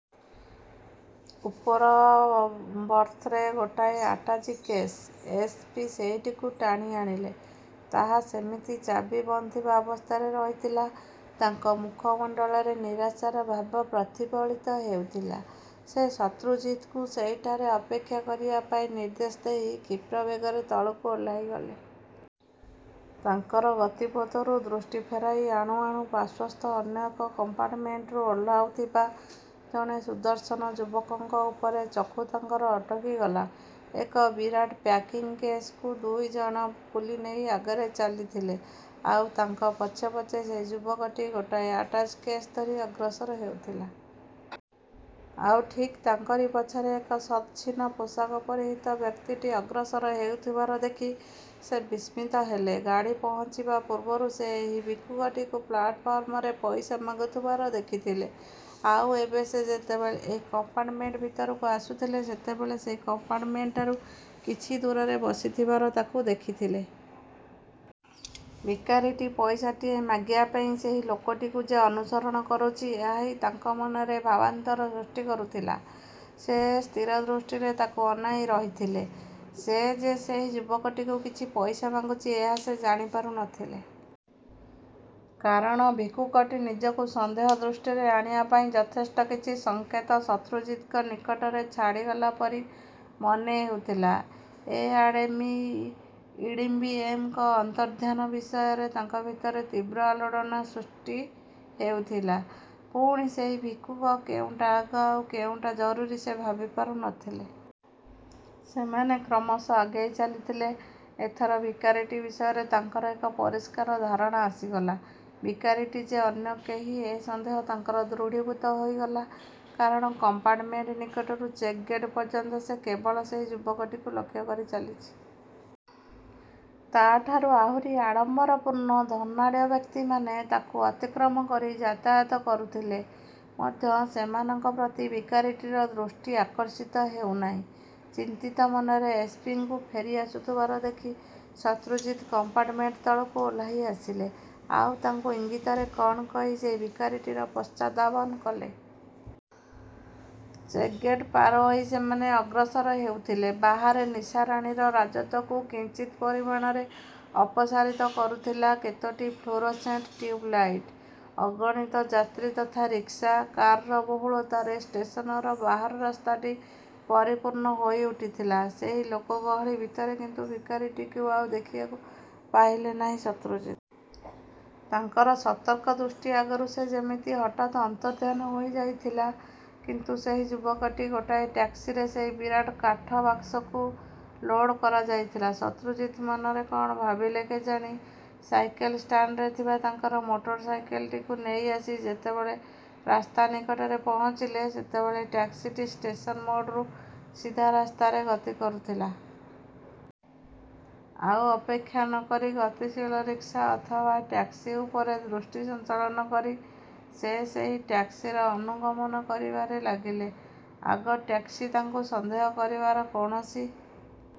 ଉପର ବର୍ଥରେ ଗୋଟାଏ ଆଟାଚି କେସ୍। ଏସ୍. ପି. ସେଇଟିକୁ ଟାଣି ଆଣିଲେ। ତାହା ସେମିତି ଚାବି ବନ୍ଦ ଥିବା ଅବସ୍ଥାରେ ରହିଥିଲା। ତାଙ୍କ ମୁଖମଣ୍ଡଳରେ ନିରାଶାର ଭାବ ପ୍ରତିଫଳିତ ହେଉଥିଲା। ସେ ଶତ୍ରୁଜିତଙ୍କୁ ସେହିଠାରେ ଅପେକ୍ଷା କରିବା ପାଇଁ ନିର୍ଦ୍ଦେଶ ଦେଇ କ୍ଷୀପ୍ର ବେଗରେ ତଳକୁ ଓହ୍ଲାଇଗଲେ। ତାଙ୍କର ଗତିପଥରୁ ଦୃଷ୍ଟି ଫେରାଇ ଆଣୁ ଆଣୁ ପାର୍ଶ୍ୱସ୍ଥ ଅନ୍ୟ ଏକ କମ୍ପାର୍ଟମେଣ୍ଟରୁ ଓହ୍ଲାଉଥିବା ଜଣେ ସୁଦର୍ଶନ ଯୁବକଙ୍କ ଉପରେ ଚକ୍ଷୁ ତାଙ୍କର ଅଟକିଗଲା। ଏକ ବିରାଟ ପ୍ୟାକିଂ କେସକୁ ଦୁଇ ଜଣ କୁଲି ନେଇ ଆଗରେ ଚାଲିଥିଲେ। ଆଉ ତାଙ୍କ ପଛେ ପଛେ ସେହି ଯୁବକଟି ଗୋଟାଏ ଆଟାଚି କେସ୍ ଧରି ଅଗ୍ରସର ହେଉଥିଲା। ଆଉ ଠିକ୍ ତାଙ୍କରି ପଛରେ ଏକ ଶତଛିନ୍ନ ପୋଷାକ ପରିହିତ ବ୍ୟକ୍ତିଟି ଅଗ୍ରସର ହେଉଥିବାର ଦେଖି ସେ ବିସ୍ମିତ ହେଲେ। ଗାଡ଼ି ପହଞ୍ଚିବା ପୂର୍ବରୁ ସେ ଏହି ଭିକ୍ଷୁକଟିକୁ ପ୍ଲାଟଫର୍ମରେ ପଇସା ମାଗୁଥିବାର ଦେଖିଥିଲେ। ଆଉ ଏବେ ସେ ଯେତେବେଳେ ଏହି କମ୍ପାର୍ଟମେଣ୍ଟ ଭିତରକୁ ଆସୁଥିଲେ, ସେତେବେଳେ ସେହି କମ୍ପାର୍ଟମେଣ୍ଟଠାରୁ କିଛି ଦୂରରେ ବସିଥିବାର ତାକୁ ଦେଖିଥିଲେ। ଭିକାରୀଟି ପଇସାଟିଏ ମାଗିବା ପାଇଁ ସେହି ଲୋକଟିକୁ ଯେ ଅନୁସରଣ କରୁଛି, ଏହା ହିଁ ତାଙ୍କ ମନରେ ଭାବାନ୍ତର ସୃଷ୍ଟି କରୁଥିଲା। ସେ ସ୍ଥିରଦୃଷ୍ଟିରେ ତାକୁ ଅନାଇ ରହିଥିଲେ। ସେ ଯେ ସେହି ଯୁବକଟିକୁ କିଛି ପଇସା ମାଗୁଛି, ଏହା ସେ ଜାଣିପାରୁ ନ ଥିଲେ। କାରଣ, ଭିକ୍ଷୁକଟି ନିଜକୁ ସନ୍ଦେହ ଦୃଷ୍ଟିରେ ଆଣିବା ପାଇଁ ଯଥେଷ୍ଟ କିଛି ସଂକେତ ଶତ୍ରୁଜିତଙ୍କ ନିକଟରେ ଛାଡ଼ିଗଲା ପରି ମନେ ହେଉଥିଲା। ଏ ଆଡ଼େ ମି. ଇଡମ୍ବିଏମଙ୍କ ଅନ୍ତର୍ଦ୍ଧାନ ବିଷୟରେ ତାଙ୍କ ଭିତରେ ତୀବ୍ର ଆଲୋଡ଼ନ ସୃଷ୍ଟି ହେଉଥିଲା। ପୁଣି ସେହି ଭିକ୍ଷୁକ। କେଉଁଟା ଆଗ, ଆଉ କେଉଁଟା ଜରୁରୀ ସେ ଭାବିପାରୁ ନ ଥିଲେ। ସେମାନେ କ୍ରମଶଃ ଆଗେଇ ଚାଲିଥିଲେ। ଏଥର ଭିକାରୀଟି ବିଷୟରେ ତାଙ୍କର ଏକ ପରିଷ୍କାର ଧାରଣା ଆସିଗଲା। ଭିକାରୀଟି ଯେ ଅନ୍ୟ କେହି, ଏହି ସନ୍ଦେହ ତାଙ୍କର ଦୃଢ଼ୀଭୂତ ହୋଇଗଲା। କାରଣ କମ୍ପାର୍ଟମେଣ୍ଟ ନିକଟରୁ ଚେକ୍ ଗେଟ୍ ପର୍ଯ୍ୟନ୍ତ ସେ କେବଳ ସେହି ଯୁବକଟିକୁ ଲକ୍ଷ୍ୟ କରି ଚାଲିଛି। ତା'ଠାରୁ ଆହୁରି ଆଡ଼ମ୍ବରପୂର୍ଣ୍ଣ, ଧନାଢ଼୍ୟ ବ୍ୟକ୍ତିମାନେ ତାକୁ ଅତିକ୍ରମ କରି ଯାତାୟାତ କରୁଥିଲେ ମଧ୍ୟ ସେମାନଙ୍କ ପ୍ରତି ଭିକାରୀଟିର ଦୃଷ୍ଟି ଆକର୍ଷିତ ହେଉ ନାହିଁ। ଚିନ୍ତିତ ମନରେ ଏସ୍. ପି. ଙ୍କୁ ଫେରି ଆସୁଥିବାର ଦେଖି, ଶତ୍ରୁଜିତ କମ୍ପାର୍ଟମେଣ୍ଟ ତଳକୁ ଓହ୍ଲାଇ ଆସିଲେ। ଆଉ ତାଙ୍କୁ ଇଙ୍ଗିତରେ କ'ଣ କହି ସେହି ଭିକାରୀଟିର ପଶ୍ଚାଦ୍ଧାବ କଲେ। ଚେକ୍ ଗେଟ୍ ପାର ହୋଇ ସେମାନେ ଅଗ୍ରସର ହେଉଥିଲେ। ବାହାରେ ନିଶାରାଣୀର ରାଜତ୍ୱକୁ କିଞ୍ଚିତ୍ ପରିମାଣରେ ଅପସାରିତ କରୁଥିଲା କେତୋଟି ଫ୍ଲୁରୋସେଣ୍ଟ ଟିଉବଲାଇଟ। ଅଗଣିତ ଯାତ୍ରୀ ତଥା ରିକ୍ସା, କାରର ବହୁଳତାରେ ଷ୍ଟେସନର ବାହାର ରାସ୍ତାଟି ପରିପୂର୍ଣ୍ଣ ହୋଇ ଉଠିଥିଲା। ସେହି ଲୋକଗହଳି ଭିତରେ କିନ୍ତୁ ଭିକାରୀଟିକୁ ଆଉ ଦେଖିବାକୁ ପାଇଲେ ନାହିଁ ଶତ୍ରୁଜିତ। ତାଙ୍କର ସତର୍କ ଦୃଷ୍ଟି ଆଗରୁ ସେ ଯେମିତି ହଠାତ୍ ଅନ୍ତର୍ଦ୍ଧାନ ହୋଇ ଯାଇଥିଲା, କିନ୍ତୁ ସେହି ଯୁବକଟି... ଗୋଟାଏ ଟ୍ୟାକ୍ସିରେ ସେହି ବିରାଟ କାଠ ବାକସକୁ ଲୋଡ୍ କରାଯାଉଥିଲା। ଶତ୍ରୁଜିତ ମନରେ କ'ଣ ଭାବିଲେ କେଜାଣି, ସାଇକେଲ ଷ୍ଟାଣ୍ଡରେ ଥିବା ତାଙ୍କର ମୋଟରସାଇକେଲଟିକୁ ନେଇ ଆସି ଯେତେବେଳେ ରାସ୍ତା ନିକଟରେ ପହଞ୍ଚିଲେ, ସେତେବେଳେ ଟ୍ୟାକ୍ସିଟି ଷ୍ଟେସନ ମୋଡ଼ରୁ ସିଧା ରାସ୍ତାରେ ଗତି କରୁଥିଲା। ଆଉ ଅପେକ୍ଷା ନ କରି ଗତିଶୀଳ ରିକ୍ସା ଅଥବା ଟ୍ୟାକ୍ସି ଉପରେ ଦୃଷ୍ଟି ସଞ୍ଚାଳନ କରି ସେ ସେହି ଟ୍ୟାକ୍ସିର ଅନୁଗମନ କରିବାରେ ଲାଗିଲେ। ଆଗ ଟ୍ୟାକ୍ସି ତାଙ୍କୁ ସନ୍ଦେହ କରିବାର କୌଣସି...